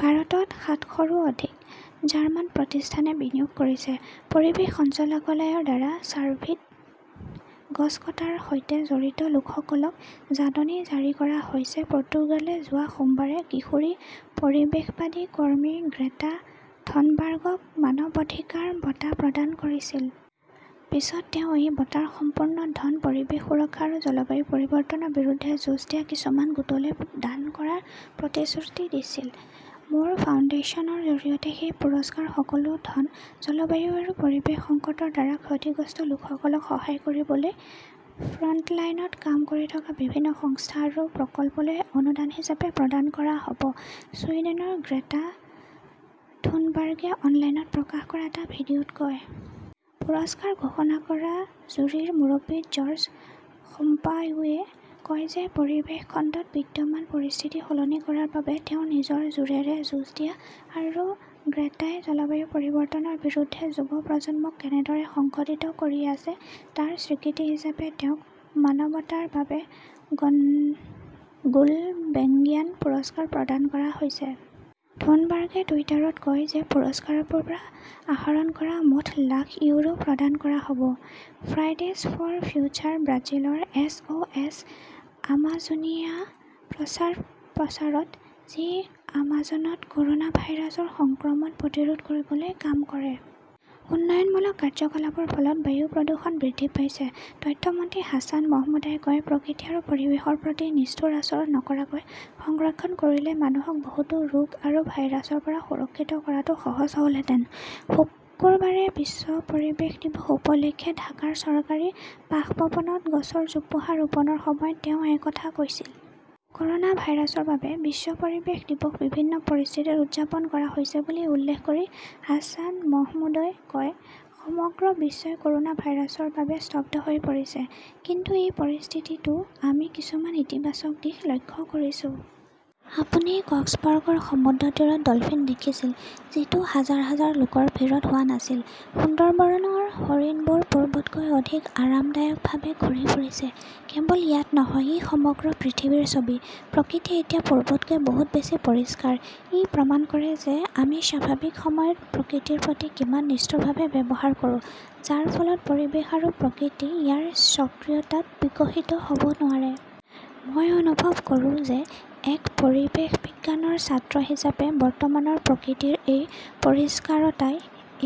ভাৰতত সাতশ ৰো অধিক জাৰ্মান প্ৰতিষ্ঠানে বিনিয়োগ কৰিছে। পৰিৱেশ সঞ্চালকালয়ৰ দ্বাৰা চাভিত গছ কটাৰ সৈতে জড়িত লোকসকলক জাননী জাৰি কৰা হৈছে পৰ্তুগালে যোৱা সোমবাৰে কিশোৰী পৰিৱেশবাদী কৰ্মী গ্ৰেটা থনবাৰ্গক মানৱ অধিকাৰ বঁটা প্ৰদান কৰিছিল। পিছত তেওঁ এই বঁটাৰ সম্পূৰ্ণ ধন পৰিৱেশ সুৰক্ষা আৰু জলবায়ু পৰিৱৰ্তনৰ বিৰুদ্ধে যুঁজ দিয়া কিছুমান গোটলৈ দান কৰাৰ প্ৰতিশ্ৰুতি দিছিল। "মোৰ ফাউণ্ডেশ্যনৰ জৰিয়তে সেই পুৰস্কাৰৰ সকলো ধন জলবায়ু আৰু পৰিৱেশ সংকটৰ দ্বাৰা ক্ষতিগ্ৰস্ত লোকসকলক সহায় কৰিবলৈ ফ্ৰণ্টলাইনত কাম কৰি থকা বিভিন্ন সংস্থা আৰু প্ৰকল্পলৈ অনুদান হিচাপে প্ৰদান কৰা হ" ব ", ছুইডেনৰ গ্ৰেটা থুনবাৰ্গে অনলাইনত প্ৰকাশ কৰা এটা ভিডিঅ' ত কয়। পুৰস্কাৰ ঘোষণা কৰা জুৰীৰ মুৰব্বী জৰ্জ সাম্পায়োৱে কয় যে পৰিৱেশ খণ্ডত বিদ্যমান পৰিস্থিতি সলনি কৰাৰ বাবে তেওঁৰ নিজৰ জোৰেৰে যুঁজ দিয়া আৰু গ্ৰেটাই জলবায়ু পৰিৱৰ্তনৰ বিৰুদ্ধে যুৱ প্ৰজন্মক কেনেদৰে সংগঠিত কৰি আছে তাৰ স্বীকৃতি হিচাপে তেওঁক মানৱতাৰ বাবে গুলবেঙ্কিয়ান পুৰস্কাৰ প্ৰদান কৰা হৈছে। থুনবাৰ্গে টুইটাৰত কয় যে পুৰস্কাৰৰ পৰা আহৰণ কৰা মুঠ লাখ ইউৰো প্ৰদান কৰা হ'ব। ফ্ৰাইডেজ ফৰ ফিউচাৰ ব্ৰাজিলৰ "এছ. অ. এছ. আমাজোনিয়া" প্ৰচাৰ প্ৰচাৰত যি আমাজনত কৰ 'না ভাইৰাছৰ সংক্ৰমণ প্ৰতিৰোধ কৰিবলৈ কাম কৰে। উন্নয়নমূলক কাৰ্যকলাপৰ ফলত বায়ু প্ৰদূষণ বৃদ্ধি পাইছে তথ্য মন্ত্ৰী হাছান মাহমুদই কয়, প্ৰকৃতি আৰু পৰিৱেশৰ প্ৰতি নিষ্ঠুৰ আচৰণ নকৰাকৈ সংৰক্ষণ কৰিলে মানুহক বহুতো ৰোগ আৰু ভাইৰাছৰ পৰা সুৰক্ষিত কৰাটো সহজ হ'লহেঁতেন। শুকুৰবাৰে বিশ্ব পৰিৱেশ দিৱস উপলক্ষে ঢাকাৰ চৰকাৰী বাসভৱনত গছৰ জোপোহা ৰোপণৰ সময়ত তেওঁ এই কথা কৈছিল। কৰ'না ভাইৰাছৰ বাবে বিশ্ব পৰিৱেশ দিৱস বিভিন্ন পৰিস্থিতিত উদযাপন কৰা হৈছে বুলি উল্লেখ কৰি হাছান মাহমুদই কয়, সমগ্ৰ বিশ্বই ক'ৰনা ভাইৰাছৰ বাবে স্তব্ধ হৈ পৰিছে। কিন্তু এই পৰিস্থিতিতও আমি কিছুমান ইতিবাচক দিশ লক্ষ্য কৰিছো। আপুনি কক্সবৰ্গৰ সমুদ্ৰতীৰত ডলফিন দেখিছিল, যিটো হাজাৰ হাজাৰ লোকৰ ভিৰত হোৱা নাছিল। সুন্দৰবনৰ হৰিণবোৰ পূৰ্বতকৈ অধিক আৰামদায়কভাৱে ঘূৰি ফুৰিছে। কেৱল ইয়াত নহয়, ই সমগ্ৰ পৃথিৱীৰ ছবি। প্ৰকৃতি এতিয়া পূৰ্বতকৈ বহু বেছি পৰিষ্কাৰ। ই প্ৰমাণ কৰে যে আমি স্বাভাৱিক সময়ত প্ৰকৃতিৰ প্ৰতি কিমান নিষ্ঠুৰভাৱে ব্যৱহাৰ কৰোঁ, যাৰ ফলত পৰিৱেশ আৰু প্ৰকৃতি ইয়াৰ স্বকীয়তাত বিকশিত হ 'ব নোৱাৰে। মই অনুভৱ কৰোঁ যে, এক পৰিৱেশ বিজ্ঞানৰ ছাত্ৰ হিচাপে বৰ্তমানৰ প্ৰকৃতিৰ এই পৰিষ্কাৰতাই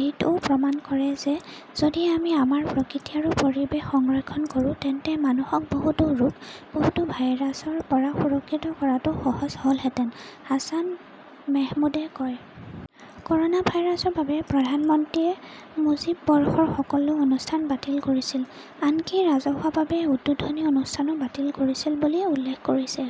এইটোও প্ৰমাণ কৰে যে যদি আমি আমাৰ প্ৰকৃতি আৰু পৰিৱেশ সংৰক্ষণ কৰোঁ, তেন্তে মানুহক বহুতো ৰোগ, বহুতো ভাইৰাছৰ পৰা সুৰক্ষিত কৰাটো সহজ হলহেঁতেন, হাছান মেহমুদে কয়। ক'ৰনা ভাইৰাছৰ বাবে প্ৰধানমন্ত্ৰীয়ে মুজীব বৰ্ষৰ সকলো অনুষ্ঠান বাতিল কৰিছিল, আনকি ৰাজহুৱাভাৱে উদ্বোধনী অনুষ্ঠানও বাতিল কৰিছিল বুলি উল্লেখ কৰিছে।